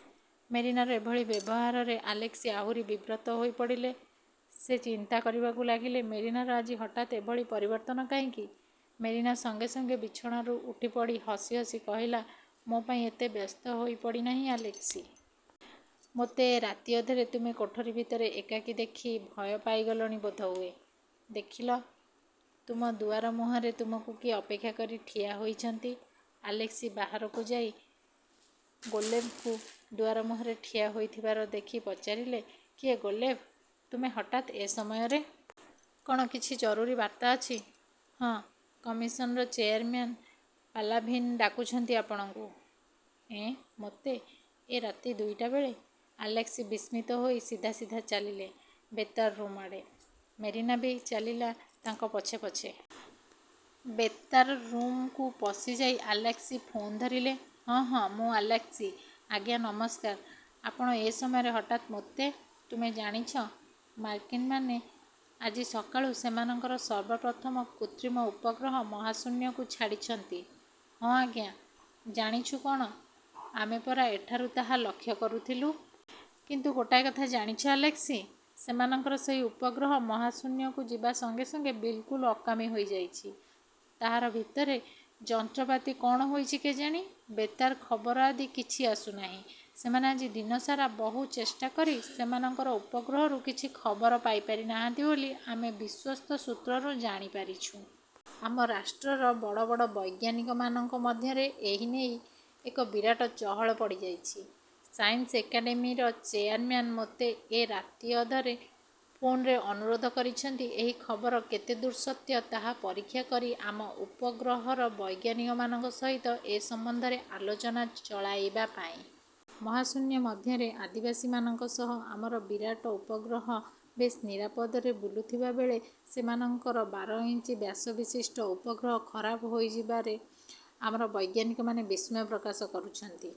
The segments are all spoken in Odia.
'' ମେରିନାର ଏଭଳି ବ୍ୟବହାରରେ ଆଲେସ୍କି ଆହୁରି ବିବ୍ରତ ହୋଇ ପଡ଼ିଲେ। ସେ ଚିନ୍ତା କରିବାକୁ ଲାଗିଲେ, ମେରିନାର ଆଜି ହଠାତ୍ ଏଭଳି ପରିବର୍ତ୍ତନ କାହିଁକି? ମେରିନା ସଙ୍ଗେ ସଙ୍ଗେ ବିଛଣାରୁ ଉଠିପଡ଼ି ହସି ହସି କହିଲା, ''ମୋ ପାଇଁ ଏତେ ବ୍ୟସ୍ତ ହୋଇପଡ଼ି ନାହିଁ ଆଲେସ୍କି! ମୋତେ ଏ ରାତିଅଧରେ ତୁମ କୋଠରି ଭିତରେ ଏକାକୀ ଦେଖି ଭୟ ପାଇଗଲଣି ବୋଧହୁଏ? ଦେଖିଲ, ତୁମ ଦୁଆରମୁହଁରେ ତୁମକୁ କିଏ ଅପେକ୍ଷା କରି ଠିଆ ହୋଇଛନ୍ତି। '' ଆଲେସ୍କି ବାହାରକୁ ଯାଇ, ଗୋଲେଭ୍ଙ୍କୁ ଦୁଆରମୁହଁରେ ଠିଆ ହୋଇଥିବାର ଦେଖି ପଚାରିଲେ, ''କିଏ ଗୋଲେଭ୍, ତୁମେ ହଠାତ୍ ଏ ସମୟରେ? କ'ଣ କିଛି ଜରୁରୀ ବାର୍ତ୍ତା ଅଛି? '' ''ହଁ, କମିଶନ୍ର ଚେୟାରମେନ୍ ପାଲାଭିନ୍ ଡାକୁଛନ୍ତି ଆପଣଙ୍କୁ। '' ''ଏଁ, ମୋତେ, ଏ ରାତି ଦୁଇଟା ବେଳେ? '' ଆଲେସ୍କି ବିସ୍ମିତ ହୋଇ ସିଧା ସିଧା ଚାଲିଲେ ବେତାର ରୁମ୍ଆଡ଼େ। ମେରିନା ବି ଚାଲିଲା ତାଙ୍କ ପଛେ ପଛେ। ବେତାର ରୁମ୍କୁ ପଶିଯାଇ ଆଲେସ୍କି ଫୋନ୍ ଧରିଲେ, ''ହଁ, ହଁ, ମୁଁ ଆଲେସ୍କି। ଆଜ୍ଞା, ନମସ୍କାର। ଆପଣ ଏ ସମୟରେ ହଠାତ୍ ମୋତେ...? '' ''ତୁମେ ଜାଣିଛ ମାର୍କିନ୍ମାନେ ଆଜି ସକାଳୁ ସେମାନଙ୍କର ସର୍ବପ୍ରଥମ କୃତ୍ରିମ ଉପଗ୍ରହ ମହାଶୂନ୍ୟକୁ ଛାଡ଼ିଛନ୍ତି? '' ''ହଁ, ଆଜ୍ଞା, ଜାଣିଛୁଁ କ'ଣ, ଆମେ ପରା ଏଠାରୁ ତାହା ଲକ୍ଷ୍ୟ କରୁଥିଲୁ। '' ''କିନ୍ତୁ ଗୋଟାଏ କଥା ଜାଣିଛ ଆଲେସ୍କି? ସେମାନଙ୍କର ସେହି ଉପଗ୍ରହ ମହାଶୂନ୍ୟକୁ ଯିବା ସଙ୍ଗେ ସଙ୍ଗେ ବିଲ୍କୁଲ୍ ଅକାମୀ ହୋଇଯାଇଛି। ତାହାର ଭିତର ଯନ୍ତ୍ରପାତି କ'ଣ ହୋଇଛି କେଜାଣି, ବେତାର ଖବର ଆଦି କିଛି ଆସୁନାହିଁ। ସେମାନେ ଆଜି ଦିନସାରା ବହୁ ଚେଷ୍ଟାକରି ସେମାନଙ୍କ ଉପଗ୍ରହରୁ କିଛି ଖବର ପାଇପାରି ନାହାନ୍ତି ବୋଲି ଆମେ ବିଶ୍ୱସ୍ତ ସୂତ୍ରରୁ ଜାଣିପାରିଛୁଁ-। ଆମ ରାଷ୍ଟ୍ରର ବଡ଼ ବଡ଼ ବୈଜ୍ଞାନିକମାନଙ୍କ ମଧ୍ୟରେ ଏହି ନେଇ ଏକ ବିରାଟ ଚହଳ ପଡ଼ିଯାଇଛି। ସାଏନ୍ସ ଏକାଡ଼େମୀର ଚେୟାରମ୍ୟାନ୍ ମୋତେ ଏ ରାତିଅଧରେ ଫୋନ୍ରେ ଅନୁରୋଧ କରିଛନ୍ତି ଏହି ଖବର କେତେଦୂର ସତ୍ୟ ତାହା ପରୀକ୍ଷା କରି ଆମ ଉପଗ୍ରହର ବୈଜ୍ଞାନିକମାନଙ୍କ ସହିତ ଏ ସମ୍ବନ୍ଧରେ ଆଲୋଚନା ଚଳାଇବା ପାଇଁ। ମହାଶୂନ୍ୟ ମଧ୍ୟରେ ଅଧିବାସୀମାନଙ୍କ ସହ ଆମର ବିରାଟ ଉପଗ୍ରହ ବେଶ୍ନିରାପଦରେ ବୁଲୁଥିଲାବେଳେ ସେମାନଙ୍କର ବାରଇଞ୍ଚ ବ୍ୟାସବିଶିଷ୍ଟ ଉପଗ୍ରହ ଖରାପ ହୋଇଯିବାରେ ଆମର ବୈଜ୍ଞାନିକମାନେ ବିସ୍ମୟ ପ୍ରକାଶ କରୁଛନ୍ତି-।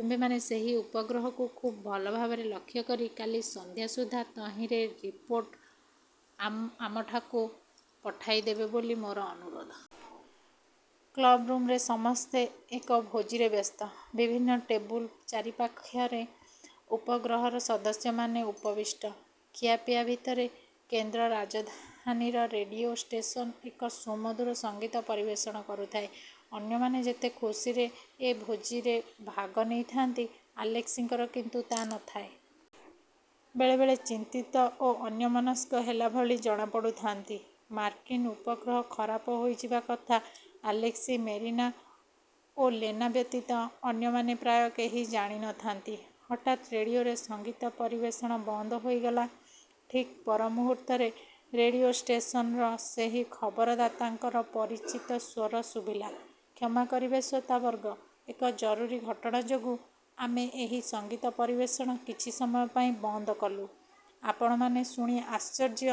ତୁମ୍ଭେମାନେ ସେହି ଉପଗ୍ରହକୁ ଖୁବ୍ ଭଲ ଭାବରେ ଲକ୍ଷ୍ୟକରି କାଲି ସନ୍ଧ୍ୟା ସୁଦ୍ଧା ତହିଁର ରିପୋର୍ଟ ଆମଠାକୁ ପଠାଇଦେବ ବୋଲି ମୋର ଅନୁରୋଧ। '' କ୍ଲବ୍ରୁମ୍ରେ ସମସ୍ତେ ଏକ ଭୋଜିରେ ବ୍ୟସ୍ତ। ବିଭିନ୍ନ ଟେବୁଲ ଚାରିପାଖରେ ଉପଗ୍ରହର ସଦସ୍ୟମାନେ ଉପବିଷ୍ଟ। ଖିଆପିଆ ଭିତରେ କେନ୍ଦ୍ର ରାଜଧାନୀର ରେଡ଼ିଓ ଷ୍ଟେସନ ଏକ ସୁମଧୁର ସଙ୍ଗୀତ ପରିବେଷଣ କରୁଥାଏ। ଅନ୍ୟମାନେ ଯେତେ ଖୁସିରେ ଏ ଭୋଜିରେ ଭାଗ ନେଇଥାନ୍ତି, ଆଲେସ୍କିଙ୍କର କିନ୍ତୁ ତା' ନଥାଏ। ବେଳେବେଳେ ଚିନ୍ତିତ ଓ ଅନ୍ୟମନସ୍କ ହେଲାଭଳି ଜଣାପଡ଼ୁଥାନ୍ତି। ମାର୍କିନ୍ ଉପଗ୍ରହ ଖରାପ ହୋଇଯିବା କଥା ଆଲେସ୍କି, ମେରିନା ଓ ଲେନା ବ୍ୟତୀତ ଅନ୍ୟମାନେ ପ୍ରାୟ କେହି ଜାଣି ନଥାନ୍ତି। ହଠାତ୍ ରେଡ଼ିଓର ସଙ୍ଗୀତ ପରିବେଷଣ ବନ୍ଦ ହୋଇଗଲା। ଠିକ୍ ପରମୁହୂର୍ତ୍ତରେ ରେଡ଼ିଓ ଷ୍ଟେସନର ସେହି ଖବରଦାତାଙ୍କର ପରିଚିତ ସ୍ୱର ଶୁଭିଲା, ''କ୍ଷମା କରିବେ, ଶ୍ରୋତାବର୍ଗ, ଏକ ଜରୁରୀ ଘଟଣା ଯୋଗୁଁ ଆମେ ଏହି ସଙ୍ଗୀତ ପରିବେଷଣ କିଛି ସମୟ ପାଇଁ ବନ୍ଦ କଲୁଁ। ଆପଣମାନେ ଶୁଣି ଆଶ୍ଚର୍ଯ୍ୟ